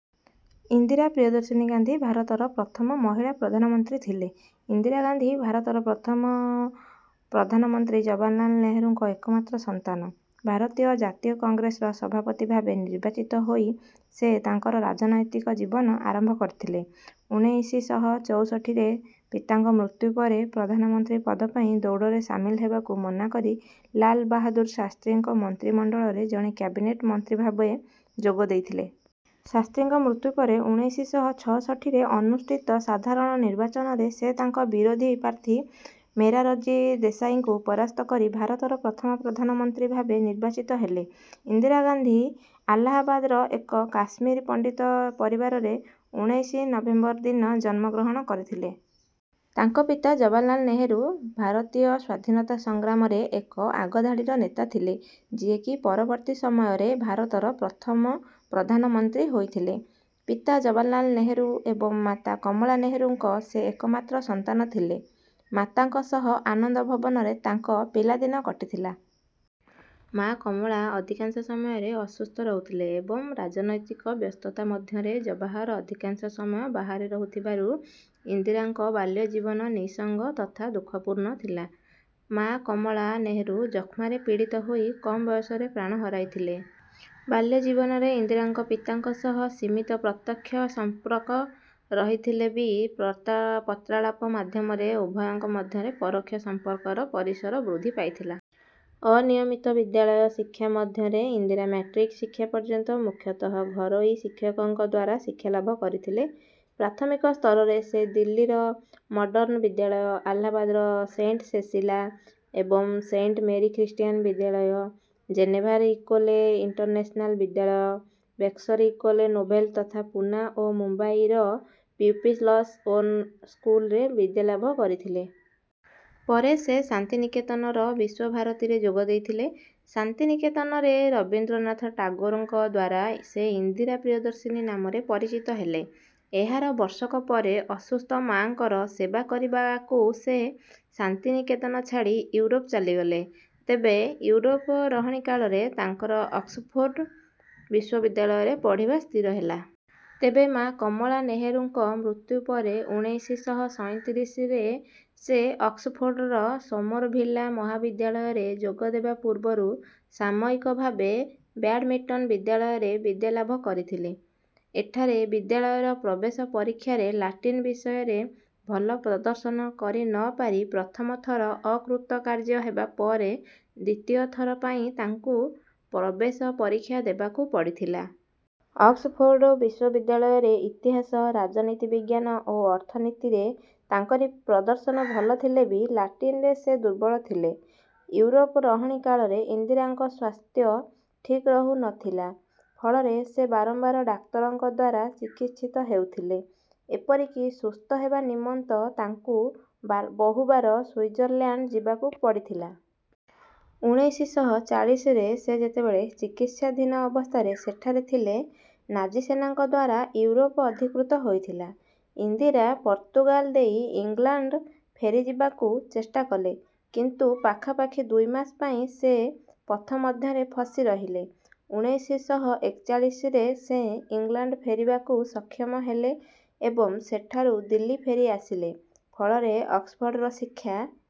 ଇନ୍ଦିରା ପ୍ରିୟଦର୍ଶିନୀ ଗାନ୍ଧୀ, ଭାରତର ପ୍ରଥମ ମହିଳା ପ୍ରଧାନମନ୍ତ୍ରୀ ଥିଲେ। ଇନ୍ଦିରା ଗାନ୍ଧୀ ଭାରତର ପ୍ରଥମ ପ୍ରଧାନ ମନ୍ତ୍ରୀ ଜବାହରଲାଲ ନେହେରୁଙ୍କ ଏକମାତ୍ର ସନ୍ତାନ। ଭାରତୀୟ ଜାତୀୟ କଂଗ୍ରେସର ସଭାପତି ଭାବେ ନିର୍ବାଚିତ ହୋଇ ସେ ତାଙ୍କର ରାଜନୈତିକ ଜୀବନ ଆରମ୍ଭ କରିଥିଲେ। ଉଣେଇଶି ଶହ ଚଉଷଠିରେ ପିତାଙ୍କ ମୃତ୍ୟୁ ପରେ ପ୍ରଧାନ ମନ୍ତ୍ରୀ ପଦପାଇଁ ଦୌଡରେ ସାମିଲ ହେବାକୁ ମନାକରି ଲାଲ ବାହାଦୁର ଶାସ୍ତ୍ରୀଙ୍କ ମନ୍ତ୍ରୀମଣ୍ଡଳରେ ଜଣେ କ୍ୟାବିନେଟ ମନ୍ତ୍ରୀଭାବେ ଯୋଗ ଦେଇଥିଲେ। ଶାସ୍ତ୍ରୀଙ୍କ ମୃତ୍ୟୁପରେ, ଉଣେଇଶି ଶହ ଛଅଷଠିରେ ଅନୁଷ୍ଠିତ ସାଧାରଣ ନିର୍ବାଚନରେ ସେ ତାଙ୍କ ବିରୋଧୀ ପ୍ରାର୍ଥୀ ମେରାରଜୀ ଦେଶାଇଙ୍କୁ ପରାସ୍ତ କରି ଭାରତର ପ୍ରଧାନ ମନ୍ତ୍ରୀ ଭାବେ ନିର୍ବାଚିତ ହେଲେ। ଇନ୍ଦିରା ଗାନ୍ଧୀ ଆଲାହାବାଦର ଏକ କାଶ୍ମୀରୀ ପଣ୍ଡିତ ପରିବାରରେ ଉଣେଇଶି ନଭେମ୍ବର, ଦିନ ଜନ୍ମ ଗ୍ରହଣ କରିଥିଲେ। ତାଙ୍କ ପିତା ଜବାହରଲାଲ ନେହେରୁ ଭାରତୀୟ ସ୍ୱାଧୀନତା ସଂଗ୍ରାମରେ ଏକ ଆଗଧାଡିର ନେତା ଥିଲେ ଯିଏ କି ପରବର୍ତ୍ତୀ ସମୟରେ ଭାରତର ପ୍ରଥମ ପ୍ରଧାନ ମନ୍ତ୍ରୀ ହୋଇଥିଲେ। ପିତା ଜବାହରଲାଲ ନେହେରୁ ଏବଂ ମାତା କମଳା ନେହେରୁଙ୍କ ସେ ଏକମାତ୍ର ସନ୍ତାନ ଥିଲେ। ମାତାଙ୍କ ସହ ଆନନ୍ଦ ଭବନରେ ତାଙ୍କ ପିଲାଦିନ କଟିଥିଲା। ମାଆ କମଳା ଅଧିକାଂଶ ସମୟରେ ଅସୁସ୍ଥ ରହୁଥିଲେ ଏବଂ ରାଜନୈତିକ ବ୍ୟସ୍ତତା ମଧ୍ୟରେ ଜବାହର ଅଧିକାଂଶ ସମୟ ବାହାରେ ରହୁଥିବାରୁ ଇନ୍ଦିରାଙ୍କ ବାଲ୍ୟଜୀବନ ନିଃସଙ୍ଗ ତଥା ଦୁଃଖପୂର୍ଣ୍ଣ ଥିଲା। ମାଆ କମଳା ନେହରୁ ଯକ୍ଷ୍ମାରେ ପୀଡିତ ହୋଇ କମ୍ ବୟସରେ ପ୍ରାଣ ହରାଇଥିଲେ। ବାଲ୍ୟ ଜୀବନରେ ଇନ୍ଦିରାଙ୍କ ପିତାଙ୍କ ସହ ସୀମିତ ପ୍ରତ୍ୟକ୍ଷ ସଂପର୍ହ ରହିଥିଲେ ବି ପତ୍ରାଳାପ ମାଧ୍ୟମରେ ଉଭୟଙ୍କ ମଧ୍ୟରେ ପରୋକ୍ଷ ସମ୍ପର୍କର ପରିସର ବୃଦ୍ଧି ପାଇଥିଲା। ଅନିୟମିତ ବିଦ୍ୟାଳୟ ଶିକ୍ଷା ମଧ୍ୟରେ ଇନ୍ଦିରା ମାଟ୍ରିକ ଶିକ୍ଷା ପର୍ଯ୍ୟନ୍ତ ମୁଖ୍ୟତଃ ଘରୋଇ ଶିକ୍ଷକଙ୍କଦ୍ୱାରା ଶିକ୍ଷା ଲାଭ କରିଥିଲେ। ପ୍ରାଥମିକ ସ୍ତରରେ ସେ ଦିଲ୍ଲୀର ମଡର୍ଣ୍ଣ ବିଦ୍ୟାଳୟ, ଆଲାହାବାଦର ସେଣ୍ଟ ସେସିଲା ଏବଂ ସେଣ୍ଟ ମେରୀ ଖ୍ରୀଷ୍ଟୀୟାନ ବିଦ୍ୟାଳୟ ଜେନେଭାରି ଇକୋଲେ ଇଣ୍ଟରନେସନାଲ ବିଦ୍ୟାଳୟ, ବେକ୍ସର ଇକୋଲେ ନୌଭେଲା ତଥା ପୁନା ଓ ମୁମ୍ବାଇର ପ୍ୟୂପିଲସ୍ ଓନ୍ ସ୍କୁଲରେ ବିଦ୍ୟାଲାଭ କରିଥିଲେ। ପରେ ସେ ଶାନ୍ତିନିକେତନର ବିଶ୍ୱ ଭାରତୀରେ ଯୋଗ ଦେଇଥିଲେ। ଶାନ୍ତିନିକେତନରେ ରବିନ୍ଦ୍ରନାଥ ଟାଗୋରଙ୍କଦ୍ୱାରା ସେ ଇନ୍ଦିରା ପ୍ରିୟଦର୍ଶିନୀ ନାମରେ ପରିଚିତ ହେଲେ। ଏହାର ବର୍ଷକ ପରେ ଅସୁସ୍ଥ ମାଁଙ୍କର ସେବା କରିବାକୁ ସେ ଶାନ୍ତିନିକେତନ ଛାଡି ଇଉରୋପ ଚାଲିଗଲେ। ତେବେ ଇଉରୋପ ରହଣିକାଳରେ ତାଙ୍କର ଅକ୍ସଫୋର୍ଡ ବିଶ୍ୱବିଦ୍ୟାଳୟରେ ପଢିବା ସ୍ଥିର ହେଲା। ତେବେ ମାଁ କମଳା ନେହେରୁଙ୍କ ମୃତ୍ୟୁ ପରେ ଉଣେଇଶି ଶହ ସଇଁତିରିଶ ରେ ସେ ଅକ୍ସଫୋର୍ଡର ସୋମରଭିଲ୍ଲା ମହାବିଦ୍ୟାଳରେ ଯୋଗଦେବା ପୂର୍ବରୁ ସାମୟିକ ଭାବେ ବ୍ୟାଡମିଣ୍ଟନ୍ ବିଦ୍ୟାଳୟରେ ବିଦ୍ୟାଲାଭ କରିଥିଲେ। ଏଠାରେ ବିଦ୍ୟାଳୟର ପ୍ରବେଶ ପରୀକ୍ଷାରେ ଲାଟିନ ବିଷୟରେ ଭଲ ପ୍ରଦର୍ଶନ କରି ନ ପାରି ପ୍ରଥମ ଥର ଅକୃତକାର୍ଯ୍ୟ ହେବାପରେ ଦ୍ୱିତୀୟ ଥର ପାଇଁ ତାଙ୍କୁ ପ୍ରବେଶ ପରୀକ୍ଷା ଦେବାକୁ ପଡିଥିଲା। ଅକ୍ସଫୋର୍ଡ ବିଶ୍ୱବିଦ୍ୟାଳୟରେ ଇତିହାସ, ରାଜନୀତି ବିଜ୍ଞାନ ଓ ଅର୍ଥନୀତିରେ ତାଙ୍କରି ପ୍ରଦର୍ଶନ ଭଲ ଥିଲେ ବି ଲାଟିନରେ ସେ ଦୁର୍ବଳ ଥିଲେ। ଇଉରୋପ ରହଣୀ କାଳରେ ଇନ୍ଦିରାଙ୍କ ସ୍ୱାସ୍ଥ୍ୟ ଠିକ୍ ରହୁ ନ ଥିଲା। ଫଳରେ ସେ ବାରମ୍ବାର ଡାକ୍ତରଙ୍କଦ୍ୱାରା ଚିକିତ୍ସିତ ହେଉଥିଲେ। ଏପରିକି ସୁସ୍ଥ ହେବା ନିମନ୍ତ ତାଙ୍କୁ ବହୁବାର ସୁଇଜରଲାଣ୍ଡ ଯିବାକୁ ପଡିଥିଲା। ଉଣେଇଶି ଶହ ଚାଳିଶିରେ ସେ ଯେତେବେଳେ ଚିକିତ୍ସାଧୀନ ଅବସ୍ଥାରେ ସେଠାରେ ଥିଲେ, ନାଜିସେନାଙ୍କଦ୍ୱାରା ଇଉରୋପ ଅଧିକୃତ ହୋଇଥିଲା। ଇନ୍ଦିରା ପର୍ତ୍ତୁଗାଲ ଦେଇ ଇଂଲାଣ୍ଡ ଫେରିଯିବାକୁ ଚେଷ୍ଟା କଲେ, କିନ୍ତୁ ପାଖାପାଖି ଦୁଇମାସ ପାଇଁ ସେ ପଥମଧ୍ୟରେ ଫସି ରହିଲେ। ଉଣେଇଶି ଶହ ଏକଚାଳିଶରେ ସେ ଇଂଲାଣ୍ଡ ଫେରିବାକୁ ସକ୍ଷମ ହେଲେ ଏବଂ ସେଠାରୁ ଦିଲ୍ଲୀ ଫେରିଆସିଲେ। ଫଳରେ ଅକ୍ସଫୋର୍ଡର ଶିକ୍ଷା